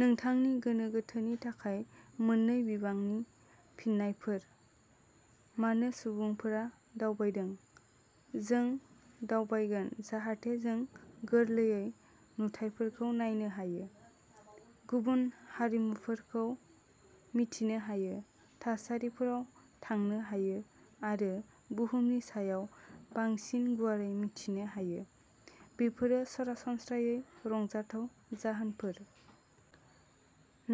नोंथांनि गोनो-गोथोनि थाखाय मोननै बिबांनि फिननायफोर, मानो सुबुंफोरा दावबायदों। जों दावबायगोन जाहाथे जों गोरलैयै नुथायफोरखौ नायनो हायो, गुबुन हारिमुफोरखौ मिथिनो हायो, थासारिफोराव थांनो हायो आरो बुहुमनि सायाव बांसिन गुवारै मिथिनो हायो। बेफोरो सरासनस्रायै रंजाथाव जाहोनफोर।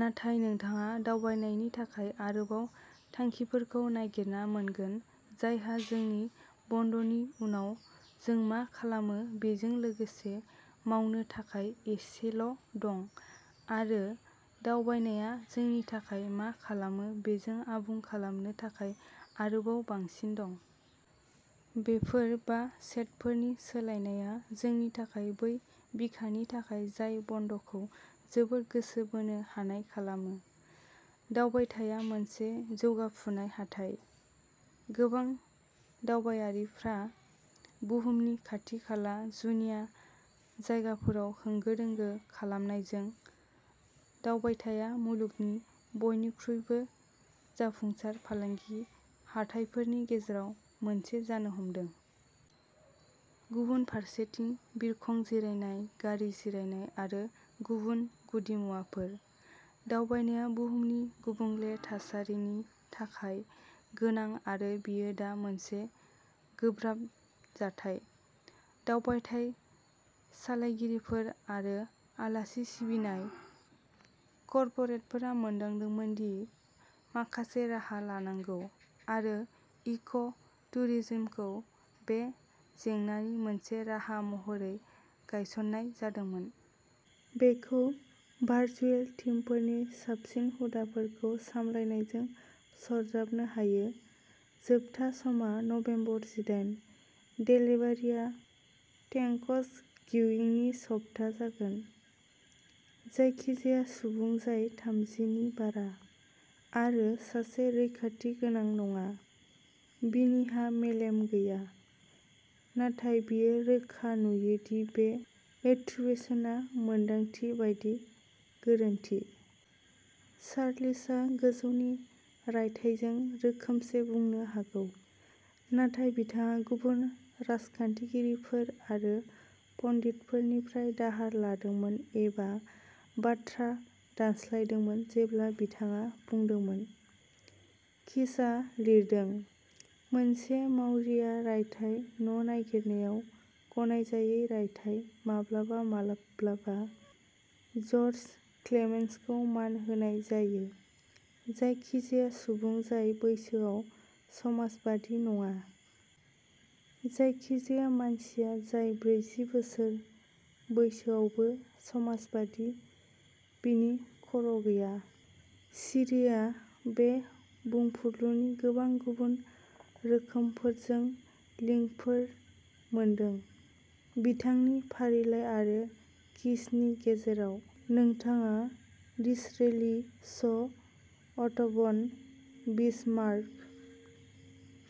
नाथाय नोंथाङा दावबायनायनि थाखाय आरोबाव थांखिफोरखौ नागिरना मोनगोन जायहा जोंनि बन्द'नि उनाव जों मा खालामो बेजों लोगोसे मावनो थाखाय एसेल'दं, आरो दावबायनाया जोंनि थाखाय मा खालामो बेजों आबुं खालामनो थाखाय आरोबाव बांसिन दं। बेफोर बा सेटफोरनि सोलायनाया जोंनि थाखाय बै बिखानि थाखाय जाय बन्द'खौ जोबोद गोसो बोनो हानाय खालामो। दावबायथाया मोनसे जौगाफुनाय हाथाय। गोबां दावबायारिफ्रा बुहुमनि खाथि-खाला जुनिया जायगाफोराव होंगो-दोंगो खालामनायजों, दावबायथाया मुलुगनि बयनिख्रुइबो जाफुंसार फालांगि हाथाइफोरनि गेजेराव मोनसे जानो हमदों। गुबुन फारसेथिं, बिरखं जिरायनाय, गारि जिरायनाय आरो गुबुन गुदिमुवाफोर। दावबायनाया बुहुमनि गुबुंले थासारिनि थाखाय गोनां आरो बेयो दा मोनसे गोब्राब जाथाय। दावबायथाय सालायगिरिफोर आरो आलासि सिबिनाय कर्परेटफोरा मोनदांदोंमोन दि माखासे राहा लानांगौ, आरो इक'- टुरिज्मखौ बे जेंनानि मोनसे राहा महरै गायसननाय जादोंमोन। बेखौ भार्च्युएल टिमफोरनि साबसिन हुदाफोरखौ सामलायनायजों सरजाबनो हायो। जोबथा समआ नबेम्बर जिदाइन। देलिभारिआ थेंक्सगिविंनि सप्ता जागोन। जायखिजाया सुबुं जाय थामजि नि बारा, आरो सासे रैखाथि गोनां नङा, बिनिहा मेलेम गैया। नाथाय, बेयो रोखा नुयो दि बे एट्रिब्युशना मोन्दांथि बायदि गोरोन्थि। चार्चिलआ गोजौनि रायथाइजों रोखोमसे बुंनो हागौ, नाथाय बिथाङा गुबुन राजखान्थिगिरिफोर आरो पन्डितफोरनिफ्राय दाहार लादोंमोन एबा बाथ्रा दानस्लायदोंमोन जेब्ला बिथाङा बुंदोंमोन। कीजआ लिरदोंः "मोनसे मावरिया रायथाइ न'नागिरनायाव गनायजायै रायथाइ माब्लाबा-माब्लाबा ज'र्ज क्लेमेन्स'खौ मान होनाय जायोः" जायखिजाया सुबुं जाय बैसोयाव समाजबादि नङा। जायखिजाया मानसिया जाय ब्रैजि बोसोर बैसोआवबो समाजबादि, बिनि खर'गैया। शिरेआ बे बुंफुरलुनि गोबां गुबुन रोखोमफोरजों लिंकफोर मोनदों। बिथांनि फारिलाइ आरो कीजनि गेजेराव, नोंथाङा Disraeli, Shaw', Otto von Bismarck,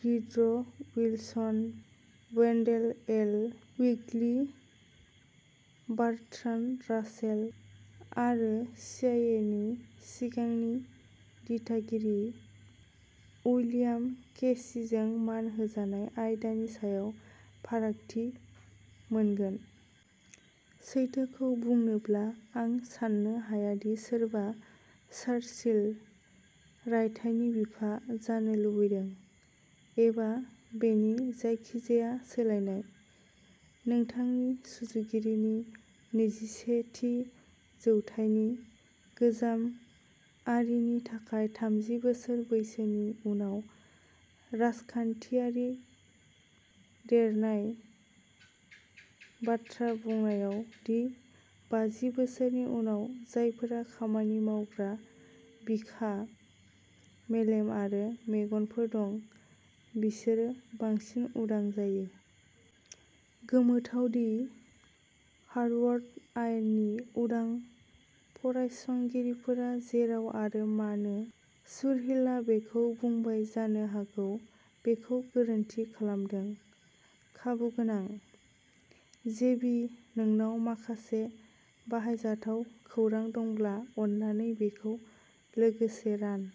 Woodrow Wilson, Wendell L. Willkie, Bertrand Russell, आरो सिआइएनि सिगांनि दिथागिरि, उइलियाम केसिजों मान होजानाय आयदानि सायाव फारागथि मोनगोन। सैथोखौ बुंनोब्ला, आं साननो हाया दि सोरबा "चार्चिल" रायथाइनि बिफा जानो लुबैदों, एबा बेनि जायखिजाया सोलायनाय। नोंथांनि सुजुगिरिनि नैजिसे थि जौथाइनि गोजाम आरीनि थाखाय थामजि बोसोर बैसोनि उनाव राजखान्थियारि देरनाय बाथ्रा बुंनायाव दि, बाजि बोसोरनि उनाव, जायफोरा खामानि मावग्रा बिखा, मेलेम आरो मेगनफोर दं, बिसोरो बांसिन उदां जायो। गोमोथाव दि हार्वार्ड आयेननि उदां फरायसंगिरिफोरा जेराव आरो मानो चुरहिलआ बेखौ बुंबाय जानो हागौ बेखौ गोरोन्थि खालामदों। खाबुगोनां? जेबि, नोंनाव माखासे बाहायजाथाव खौरां दंब्ला, अन्नानै बेखौ लोगोसे रान।